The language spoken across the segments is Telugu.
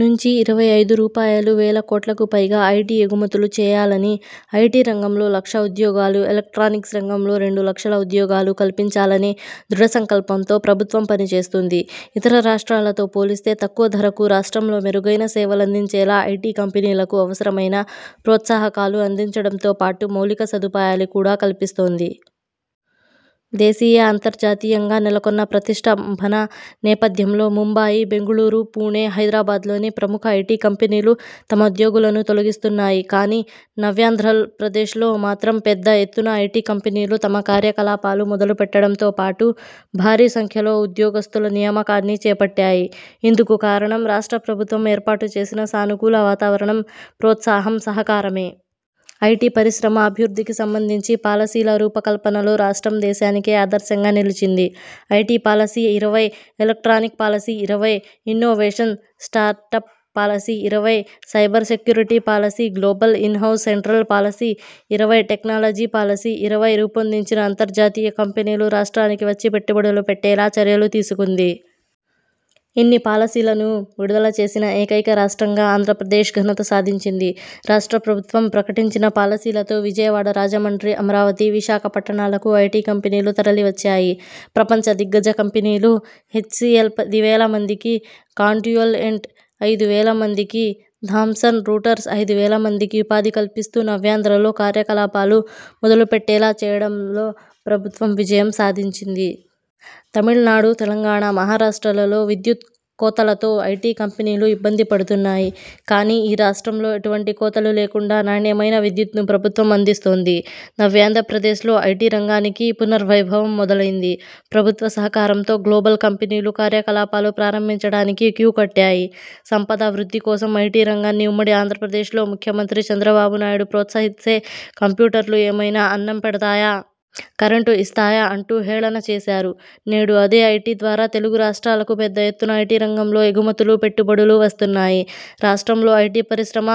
నుంచి ఇరవై ఐదు రూపాయలువేల కోట్లకు పైగా ఐటీ ఎగుమతులు చేయాలని, ఐటీ రంగంలో లక్ష ఉద్యోగాలు, ఎలక్ట్రానిక్స్ రంగంలో రెండు లక్షల ఉద్యోగాలు కల్పించాలనే దృఢ సంకల్పంతో ప్రభుత్వం పనిచేస్తోంది. ఇతర రాష్ట్రాలతో పోలిస్తే తక్కువ ధరకు రాష్ట్రంలో మెరుగైన సేవలందించేలా ఐటీ కంపెనీలకు అవసరమైన ప్రోత్సాహకాలు అందించడంతో పాటు మౌలిక సదుపాయాలు కూడా కల్పిస్తోంది. దేశీయ, అంతర్జాతీయంగా నెలకొన్న ప్రతిష్టంభన నేపథ్యంలో ముంబాయి, బెంగుళూరు, పూణె, హైదరాబాద్లోని ప్రముఖ ఐటీ కంపెనీలు తమ ఉద్యోగులను తొలగిస్తున్నాయి. కానీ నవ్యాంధ్రప్రదేశ్లో మాత్రం పెద్ద ఎత్తున ఐటీ కంపెనీలు తమ కార్యకలాపాలు మొదలుపెట్టడంతో పాటు భారీ సంఖ్యలో ఉద్యోగస్తుల నియామకాన్ని చేపట్టాయి. ఇందుకుకారణం రాష్ట్ర ప్రభుత్వం ఏర్పాటుచేసిన సానుకూల వాతావరణం, ప్రోత్సాహం సహకారమే. ఐటీ పరిశ్రమ అభివృద్ధికి సంబంధించి పాలసీల రూపకల్పనలో రాష్ట్రం దేశానికే ఆదర్శంగా నిలిచింది. ఐటీ పాలసీ –ఇరవై, ఎలక్ట్రానిక్ పాలసీ –ఇరవై, ఇన్నోవేషన్ స్టార్టప్ పాలసీ –ఇరవై, cyber security policy, global in house central policy –ఇరవై, టెక్నాలజీ పాలసీ –ఇరవై రూపొందించి అంతర్జాతీయ కంపెనీలు రాష్ట్రానికి వచ్చి పెట్టుబడులు పెట్టేలా చర్యలు తీసుకుంది. ఇన్ని పాలసీలను విడుదల చేసిన ఏకైక రాష్ట్రంగా ఆంధ్రప్రదేశ్ ఘనత సాధించింది. రాష్ట్ర ప్రభుత్వం ప్రకటించిన పాలసీలతో విజయవాడ, రాజమండ్రి, అమరావతి, విశాఖ పట్టణాలకు ఐటీ కంపెనీలు తరలివచ్చాయి. ప్రపంచ దిగ్గజ కంపెనీలు హెచ్సీఎల్ పదివేల మందికి, కాండ్యుయంట్ ఐదువేల మందికి, థామ్సన్ రూటర్స్ ఐదువేల మందికి ఉపాధి కల్పిస్తూ నవ్యాంధ్రలో కార్యకలాపాలు మొదలుపెట్టేలా చేయడంలో ప్రభుత్వం విజయం సాధించింది. తమిళనాడు, తెలంగాణ, మహారాష్ట్రలలో విద్యుత్ కోతలతో ఐటీ కంపెనీలు ఇబ్బంది పడుతున్నాయి. కానీ ఈ రాష్ట్రంలో ఎటువంటి కోతలు లేకుండా నాణ్యమైన విద్యుత్ను ప్రభుత్వం అందిస్తోంది. నవ్యాంధ్రప్రదేశ్లో ఐటీ రంగానికి పునర్వైభవం మొదలైంది. ప్రభుత్వ సహకారంతో గ్లోబల్ కంపెనీలు కార్యకలాపాలు ప్రారంభించడానికి క్యూ కట్టాయి. సంపద వృద్ధి కోసం ఐటీ రంగాన్ని ఉమ్మడి ఆంధ్రప్రదేశ్లో ముఖ్యమంత్రి చంద్రబాబునాయుడు ప్రోత్సహిస్తే కంప్యూటర్లు ఏమైనా అన్నం పెడతాయా? కరెంటు ఇస్తాయా? అంటూ హేళన చేశారు. నేడు అదే ఐటీ ద్వారా తెలుగు రాష్ట్రాలకు పెద్ద ఎత్తున ఐటీ రంగంలో ఎగుమతులు, పెట్టుబడులు వస్తున్నాయి. రాష్ట్రంలో ఐటీ పరిశ్రమ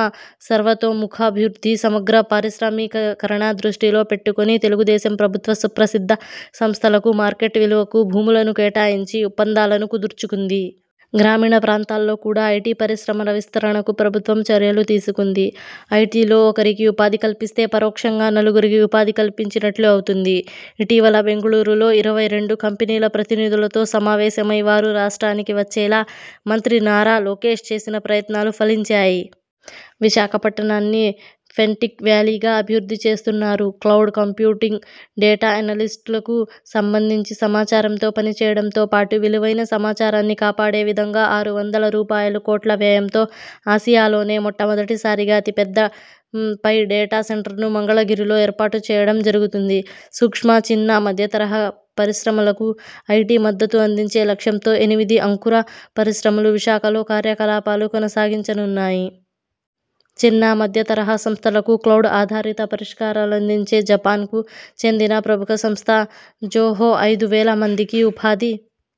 సర్వతోముఖాభివృద్ధి, సమగ్ర పారిశ్రామికీకరణ దృష్టిలో పెట్టుకొని తెలుగుదేశం ప్రభుత్వ సుప్రసిద్ధ సంస్థలకు మార్కెట్ విలువకు భూములను కేటాయించి ఒప్పందాలను కుదుర్చుకుంది. గ్రామీణ ప్రాంతాల్లో కూడా ఐటీ పరిశ్రమ విస్తరణకు ప్రభుత్వం చర్యలు తీసుకుంది. ఐటీలో ఒకరికి ఉపాధి కల్పిస్తే పరోక్షంగా నలుగురికి ఉపాధి కల్పించినట్లు అవుతుంది. ఇటీవల బెంగుళూరులో ఇరవై రెండు కంపెనీల ప్రతినిధులతో సమావేశమై వారు రాష్ట్రానికి వచ్చేలా మంత్రి నారా లోకేశ్ చేసిన ప్రయత్నాలు ఫలించాయి. విశాఖపట్టణాన్ని ఫిన్టెక్ వ్యాలీగా అభివృద్ధి చేస్తున్నారు. క్లౌడ్ కంప్యూటింగ్, డేటా ఎనలిస్ట్లకు సంబంధించి సమాచారంతో పనిచేయడంతో పాటు విలువైన సమాచారాన్ని కాపాడే విధంగా ఆరు వందల రూపాయలుకోట్ల వ్యయంతో ఆసియాలోనే మొట్టమొదటిసారిగా అతి పెద్ద పై డేటా సెంటర్ను మంగళగిరిలో ఏర్పాటు చేయడం జరుగుతుంది. సూక్ష్మ, చిన్న, మధ్యతరహా పరిశ్రమలకు ఐటీ మద్దతు అందించే లక్ష్యంతో ఎనిమిది అంకుర పరిశ్రమలు విశాఖలో కార్యకలాపాలు కొనసాగించనున్నాయి. చిన్న, మధ్య తరహా సంస్థలకు క్లౌడ్ ఆధారిత పరిష్కారాలందించే జపాన్కు చెందిన ప్రముఖ సంస్థ జోహో ఐదు వేల మందికి ఉపాధి